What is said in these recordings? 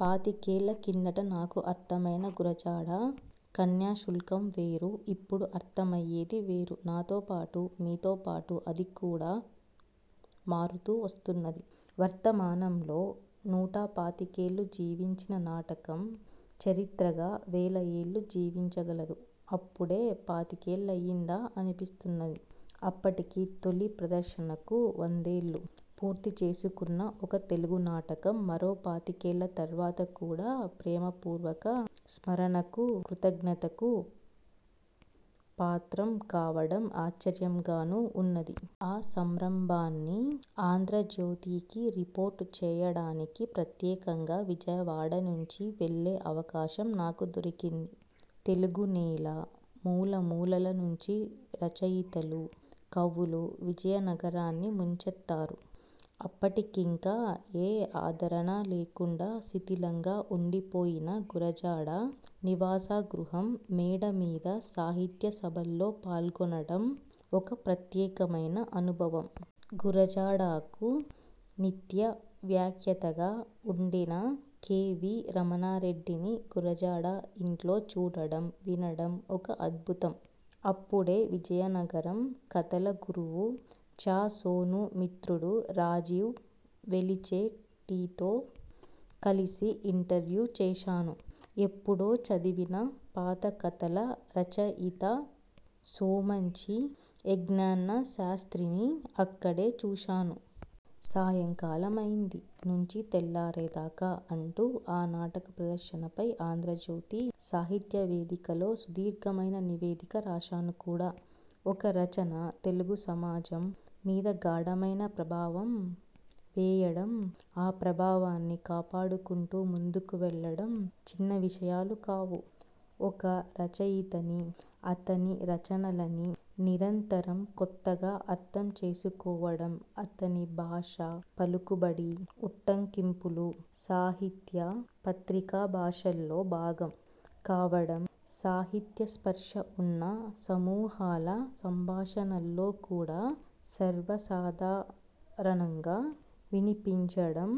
పాతికేళ్ల కిందట నాకు అర్థమయిన గురజాడ కన్యాశుల్కం వేరు. ఇప్పుడు అర్థమయ్యేది వేరు. నాతో పాటు, మీతోపాటు అది కూడా మారుతూ వస్తున్నది. వర్తమానంలో నూటపాతికేళ్లు జీవించిన నాటకం, చరిత్రగా వేల ఏళ్లు జీవించగలదు. అప్పుడే పాతికేళ్లయిందా అనిపిస్తున్నది. అప్పటికి తొలి ప్రదర్శనకు వందేళ్లు పూర్తిచేసుకున్న ఒక తెలుగునాటకం మరో పాతికేళ్ల తరువాత కూడా ప్రేమపూర్వక స్మరణకు, కృతజ్ఞతకు పాత్రం కావడం ఆశ్చర్యం గానూ ఉన్నది. ఆ సంబ్రంభాన్ని ఆంధ్రజ్యోతికి రిపోర్టు చేయడానికి ప్రత్యేకంగా విజయవాడ నుంచి వెళ్లే అవకాశం నాకు దొరికింది. తెలుగునేల మూలమూలల నుంచి రచయితలు, కవులు విజయనగరాన్ని ముంచెత్తారు. అప్పటికింకా ఏ ఆదరణా లేకుండా శిథిలంగా ఉండిపోయిన గురజాడ నివాసగృహం మేడ మీద సాహిత్యసభల్లో పాల్గొనడం ఒక ప్రత్యేకమైన అనుభవం. గురజాడకు నిత్యవ్యాఖ్యతగా ఉండిన కె. వి. రమణారెడ్డిని గురజాడ ఇంట్లో చూడడం, వినడం ఒక అద్భుతం. అప్పుడే, విజయనగరం కథల గురువు చాసోను మిత్రుడు రాజీవ్ వెలిచే టితో కలిసి ఇంటర్వ్యూ చేశాను. ఎప్పుడో చదివిన పాతకథల రచ యిత సోమంచి యజ్ఞన్నశాస్త్రిని అక్కడే చూశాను. 'సాయంకాలమైంది నుంచి తెల్లారేదాకా' అంటూ, ఆ నాటక ప్రదర్శనపై ఆంధ్రజ్యోతి సాహిత్యవేదికలో సుదీర్ఘమైన నివేదిక రాశాను కూడా. ఒక రచన తెలుగుసమాజం మీద గాఢమైన ప్రభావం వేయడం, ఆ ప్రభావాన్ని కాపాడుకుంటూ ముందుకు వెళ్లడం చిన్న విషయాలు కావు. ఒక రచయితనీ, అతని రచనలనీ నిరంతరం కొత్తగా అర్థం చేసుకోవడం, అతని భాష, పలుకుబడి, ఉట్టంకింపులు సాహిత్య, పత్రికాభాషల్లో భాగం కావడం, సాహిత్యస్పర్శ ఉన్న సమూహాల సంభాషణల్లో కూడా సర్వసాధా రణంగా వినిపించడం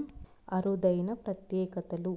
అరుదైన ప్రత్యేకతలు.